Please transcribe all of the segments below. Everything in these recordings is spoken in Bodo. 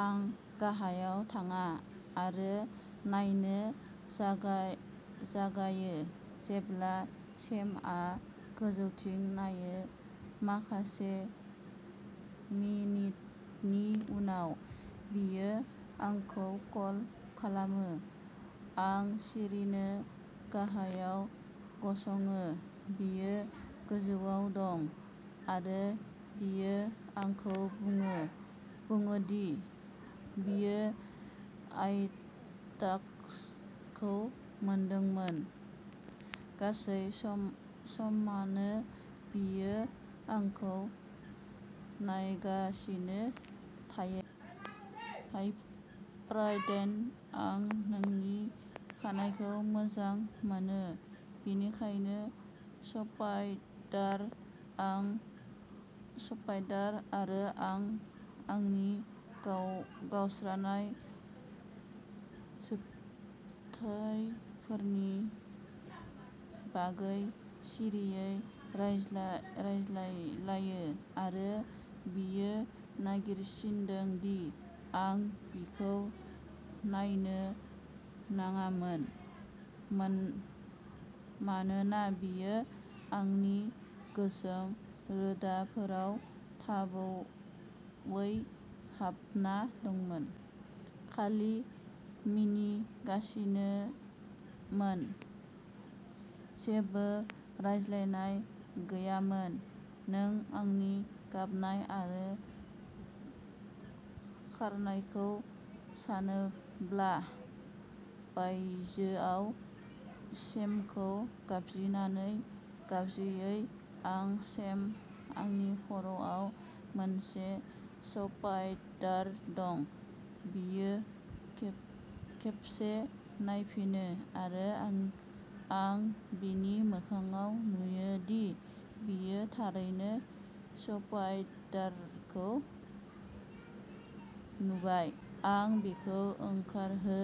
आं गाहायाव थाङो आरो नायनो जागायो जेब्ला सेमआ गोजौथिं नायो। माखासे मिनिटनि उनाव, बियो आंखौ कल खालामो। आं सिरिनि गाहायाव गसङो, बियो गोजौआव दं, आरो बियो आंखौ बुङो दि बियो आइटासखौ मोनदोंमोन। गासै समावनो, बियो आंखौ नायगासिनो थायो। हाय ब्र'डी! आं नोंनि खानाइखौ मोजां मोनो। बेनिखायनो, स्पाइडार आरो आं आंनि गावस्रानाय जोबथायफोरनि बागै सिरियै रायज्लायो, आरो बियो नारसिनदों दि आं बिखौ नायनो नाङामोन मानोना बियो आंनि गोसोम रोदाफोराव गोथौवै हाबना दंमोन। खालि मिनिगासिनोमोन। जेबो रायज्लायनाय गैयामोन। नों आंनि गाबनाय आरो खारनायखौ सानाब्ला। बायजोआव, सेमखौ गाबज्रिनानै गाबज्रियो। आंः "सेम! आंनि खर'आव मासे स्पाइडार दं! " बियो खेबसे नायफिनो, आरो आं बिनि मोखांआव नुयो दि बियो थारैनो स्पाइडारखौ नुबाय। आंः "बेखौ ओंखारहो!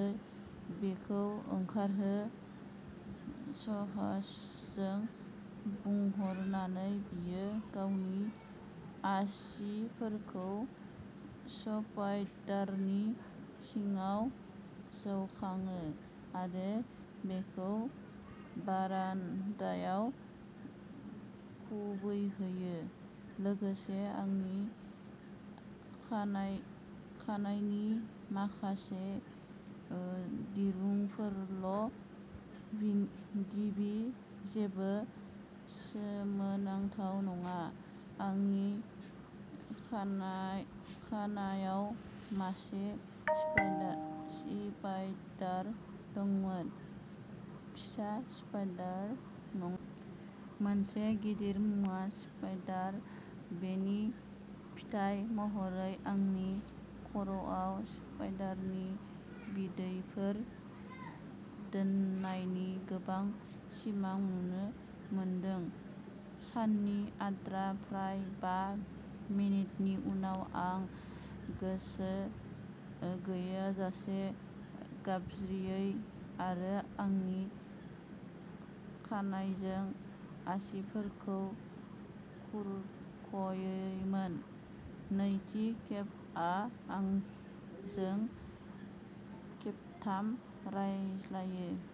बेखौ ओंखारहो! " साहसजों बुंहरनानै, बियो गावनि आसिफोरखौ स्पाइडारनि सिङाव जावखाङो, आरो बेखौ बारान्दाआव खुबैहोयो, लोगोसे आंनि खानाइनि माखासे दिरुंफोरल'। गिबि-जेबो सोमोनांथाव नङा-आंनि खानायाव मासे स्पाइडार दंमोन। फिसा स्पाइडार नङा। मोनसे गिदिर मुगा स्पाइडार। बेनि फिथाय महरै आंनि खर'आव स्पाइडारनि बिदैफोर दोननायनि गोबां सिमां नुनो मोनदों। साननि आद्रा, फ्राय बा मिनिटनि उनाव, आं गोसो गैयाजासे गाबज्रियो आरो आंनि खानाइजों आसिफोरखौ खुरख'योमोन। नैथि, सेमआ आंजों खेबथाम रायज्लायो।